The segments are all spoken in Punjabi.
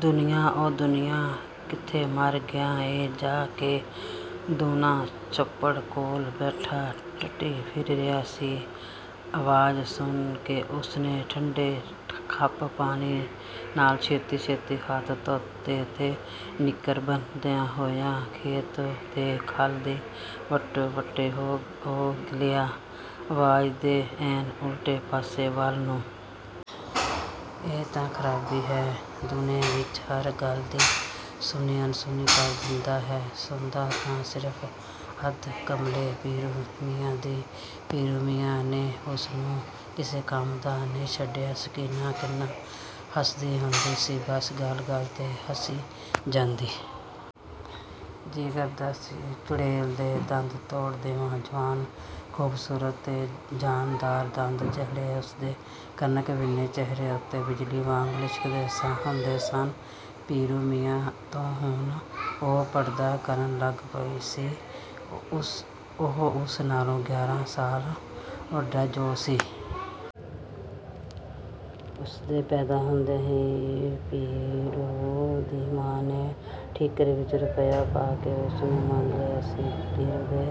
"ਦੂਣਿਆਂ, ਓ ਦੂਣਿਆਂ ਕਿੱਥੇ ਮਰ ਗਿਆ ਏਂ ਜਾ ਕੇ?" ਦੂਣਾ ਛੱਪੜ ਕੋਲ ਬੈਠਾ ਟੱਟੀ ਫਿਰ ਰਿਹਾ ਸੀ। ਆਵਾਜ਼ ਸੁਣ ਕੇ ਉਸਨੇ ਠੰਡੇ-ਯੱਖ ਪਾਣੀ ਨਾਲ ਛੇਤੀ-ਛੇਤੀ ਹੱਥ ਧੋਤੇ ਤੇ ਨਿੱਕਰ ਬੰਨ੍ਹਦਾ ਹੋਇਆ ਖੇਤ ਦੇ ਖਾਲ ਦੀ ਵੱਟੇ-ਵੱਟੇ ਹੋ ਲਿਆ ਆਵਾਜ਼ ਦੇ ਐਨ ਉਲਟੇ ਪਾਸੇ ਵੱਲ ਨੂੰ। ਇਹੀ ਤਾਂ ਖਰਾਬੀ ਹੈ ਦੂਣੇ ਵਿੱਚ, ਹਰ ਗੱਲ ਨੂੰ ਸੁਣੀ-ਅਣਸੁਣੀ ਕਰ ਦਿੰਦਾ ਹੈ। ਸੁਣਦਾ ਹੈ ਤਾਂ ਸਿਰਫ ਅੱਧ ਕਮਲੇ ਪੀਰੂ ਮੀਆਂ ਦੀ, ਪੀਰੂ ਮੀਆਂ ਨੇ ਉਸਨੂੰ ਕਿਸੇ ਕੰਮ ਦਾ ਨਹੀਂ ਛੱਡਿਆ। ਸਕੀਨਾ ਕਿੰਨਾ ਹੱਸਦੀ ਹੁੰਦੀ ਸੀ, ਬੱਸ ਗੱਲ-ਗੱਲ 'ਤੇ ਹੱਸੀ ਜਾਂਦੀ। ਜੀਅ ਕਰਦਾ ਸੀ, ਚੁੜੈਲ ਦੇ ਦੰਦ ਤੋੜ ਦਿਆਂ। ਜਵਾਨ, ਖੂਬਸੂਰਤ 'ਤੇ ਜਾਨਦਾਰ ਦੰਦ ਜਿਹੜੇ ਉਸਦੇ ਕਣਕ-ਵੰਨੇ ਚਿਹਰੇ ਉੱਤੇ ਬਿਜਲੀ ਵਾਂਗ ਲਿਸ਼ਕਦੇ ਹੁੰਦੇ ਸਨ। ਪੀਰੂ ਮੀਆਂ ਤੋਂ ਹੁਣ ਉਹ ਪਰਦਾ ਕਰਨ ਲੱਗ ਪਈ ਸੀ। ਉਹ ਉਸ ਨਾਲੋਂ ਗਿਆਰਾਂ ਸਾਲ ਵੱਡਾ ਜੋ ਸੀ। ਉਸਦੇ ਪੈਦਾ ਹੁੰਦਿਆਂ ਹੀ ਪੀਰੂ ਦੀ ਮਾਂ ਨੇ ਠੀਕਰੇ ਵਿੱਚ ਰੁਪਈਆ ਪਾ ਕੇ ਉਸਨੂੰ ਮੰਗ ਲਿਆ ਸੀ। ਪੀਰੂ ਦੇ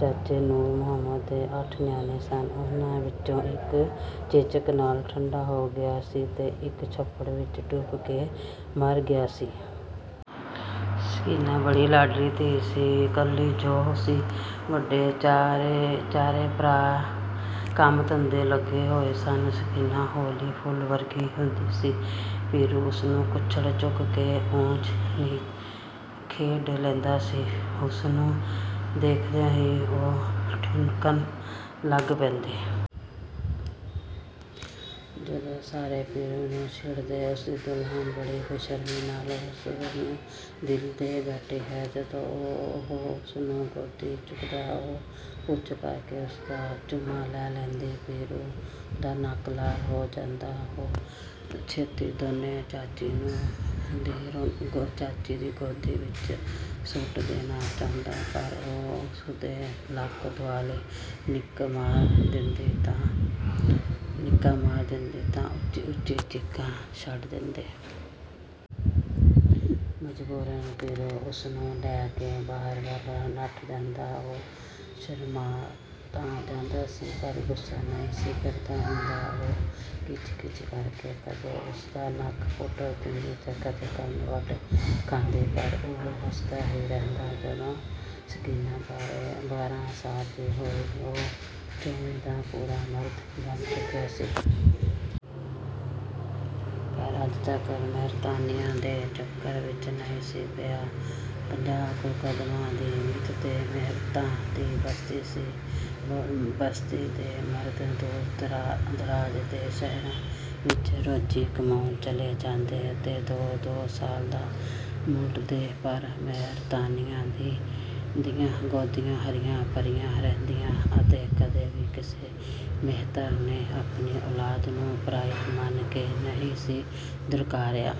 ਚਾਚੇ ਨੂਰ ਮੁਹੰਮਦ ਦੇ ਅੱਠ ਨਿਆਣੇ ਸਨ। ਉਹਨਾਂ ਵਿੱਚੋਂ ਇੱਕ ਚੇਚਕ ਨਾਲ ਠੰਡਾ ਹੋ ਗਿਆ ਸੀ ਤੇ ਇੱਕ ਛੱਪੜ ਵਿੱਚ ਡੁੱਬ ਕੇ ਮਰ ਗਿਆ ਸੀ। ਸਕੀਨਾ ਬੜੀ ਲਾਡਲੀ ਧੀ ਸੀ, ਇਕੱਲੀ ਜੋ ਸੀ। ਵੱਡੇ ਚਾਰੇ ਭਰਾ ਕੰਮ-ਧੰਦੇ ਲੱਗੇ ਹੋਏ ਸਨ। ਸਕੀਨਾ ਹੌਲੀ ਫੁੱਲ ਵਰਗੀ ਹੁੰਦੀ ਸੀ। ਪੀਰੂ ਉਸਨੂੰ ਕੁੱਛੜ ਚੁੱਕ ਕੇ ਊਚ-ਨੀਚ ਖੇਡ ਲੈਂਦਾ ਸੀ। ਉਸਨੂੰ ਦੇਖਦਿਆਂ ਹੀ ਉਹ ਠੁਣਕਣ ਲੱਗ ਪੈਂਦੀ। ਸਾਰੇ ਪੀਰੂ ਨੂੰ ਛੇੜਦੇ "ਉਸਦੀ ਦੁਲਹਨ ਬੜੀ ਬੇਸ਼ਰਮੀ ਨਾਲ ਉਸਨੂੰ ਦਿਲ ਦੇ ਬੈਠੀ ਹੈ।" ਜਦੋਂ ਉਹ ਉਸਨੂੰ ਗੋਦੀ ਚੁੱਕਦਾ ਉਹ 'ਪੁੱਚ' ਕਰਕੇ ਉਸਦਾ ਚੁੰਮਾ ਲੈ ਲੈਂਦੀ। ਪੀਰੂ ਦਾ ਨੱਕ ਲਾਲ ਹੋ ਜਾਂਦਾ, ਉਹ ਛੇਤੀ ਦੇਣੇ ਉਸਨੂੰ ਚਾਚੀ ਦੀ ਗੋਦੀ ਵਿੱਚ ਸੁੱਟ ਦੇਣਾ ਚਾਹੁੰਦਾ, ਪਰ ਉਹ ਉਸਦੇ ਲੱਕ ਦੁਆਲੇ ਨਿੱਕਾ ਮਾਰ ਲੈਂਦੀ ਤੇ ਉੱਚੀ-ਉੱਚੀ ਚੀਕਾਂ ਛੱਡ ਦਿੰਦੀ। ਮਜਬੂਰਨ ਪੀਰੂ ਉਸਨੂੰ ਲੈ ਕੇ ਬਾਹਰ ਵੱਲ ਨੱਠ ਜਾਂਦਾ। ਉਹ ਸ਼ਰਮਾਅ ਤਾਂ ਜਾਂਦਾ ਸੀ ਪਰ ਗੁੱਸਾ ਨਹੀਂ ਸੀ ਕਰਦਾ ਹੁੰਦਾ। ਉਹ ਕਿਚ-ਕਿਚ ਕਰਕੇ, ਕਦੇ, ਉਸਦਾ ਨੱਕ ਪੁੱਟ ਦਿੰਦੀ ਤੇ ਕਦੇ ਕੰਨ ਵੱਢ ਖਾਂਦੀ, ਪਰ ਉਹ ਹੱਸਦਾ ਹੀ ਰਹਿੰਦਾ ਤੇ ਜਦੋਂ ਸਕੀਨਾ ਬਾਰਾਂ ਸਾਲ ਦੀ ਹੋਈ, ਉਹ ਚੌਵੀ ਦਾ ਪੂਰਾ ਮਰਦ ਬਣ ਚੁੱਕਿਆ ਸੀ। ਪਰ ਅੱਜ ਤੱਕ ਮੇਹਤਰਾਨੀਆਂ ਦੇ ਚੱਕਰ ਵਿੱਚ ਨਹੀਂ ਸੀ ਪਿਆ। ਪੰਜਾਹ ਕੁ ਕਦਮਾਂ ਦੀ ਵਿੱਥ 'ਤੇ ਮੇਹਤਰਾਂ ਦੀ ਬਸਤੀ ਸੀ। ਬਸਤੀ ਦੇ ਮਰਦ ਦੂਰ-ਦਰਾਜ਼ ਦੇ ਸ਼ਹਿਰਾਂ ਵਿੱਚ ਰੋਜ਼ੀ ਕਮਾਉਣ ਚਲੇ ਜਾਂਦੇ ਤੇ ਦੋ-ਦੋ ਸਾਲ ਨਾ ਮੁੜਦੇ, ਪਰ ਮੇਹਤਰਾਨੀਆਂ ਦੀਆਂ ਗੋਦੀਆਂ ਹਰੀਆਂ-ਭਰੀਆਂ ਰਹਿੰਦੀਆਂ ਤੇ ਕਦੇ ਵੀ ਕਿਸੇ ਮੇਹਤਰ ਨੇ ਆਪਣੀ ਔਲਾਦ ਨੂੰ ਪਰਾਈ ਮੰਨ ਕੇ ਨਹੀਂ ਸੀ ਦੁਰਕਾਰਿਆ।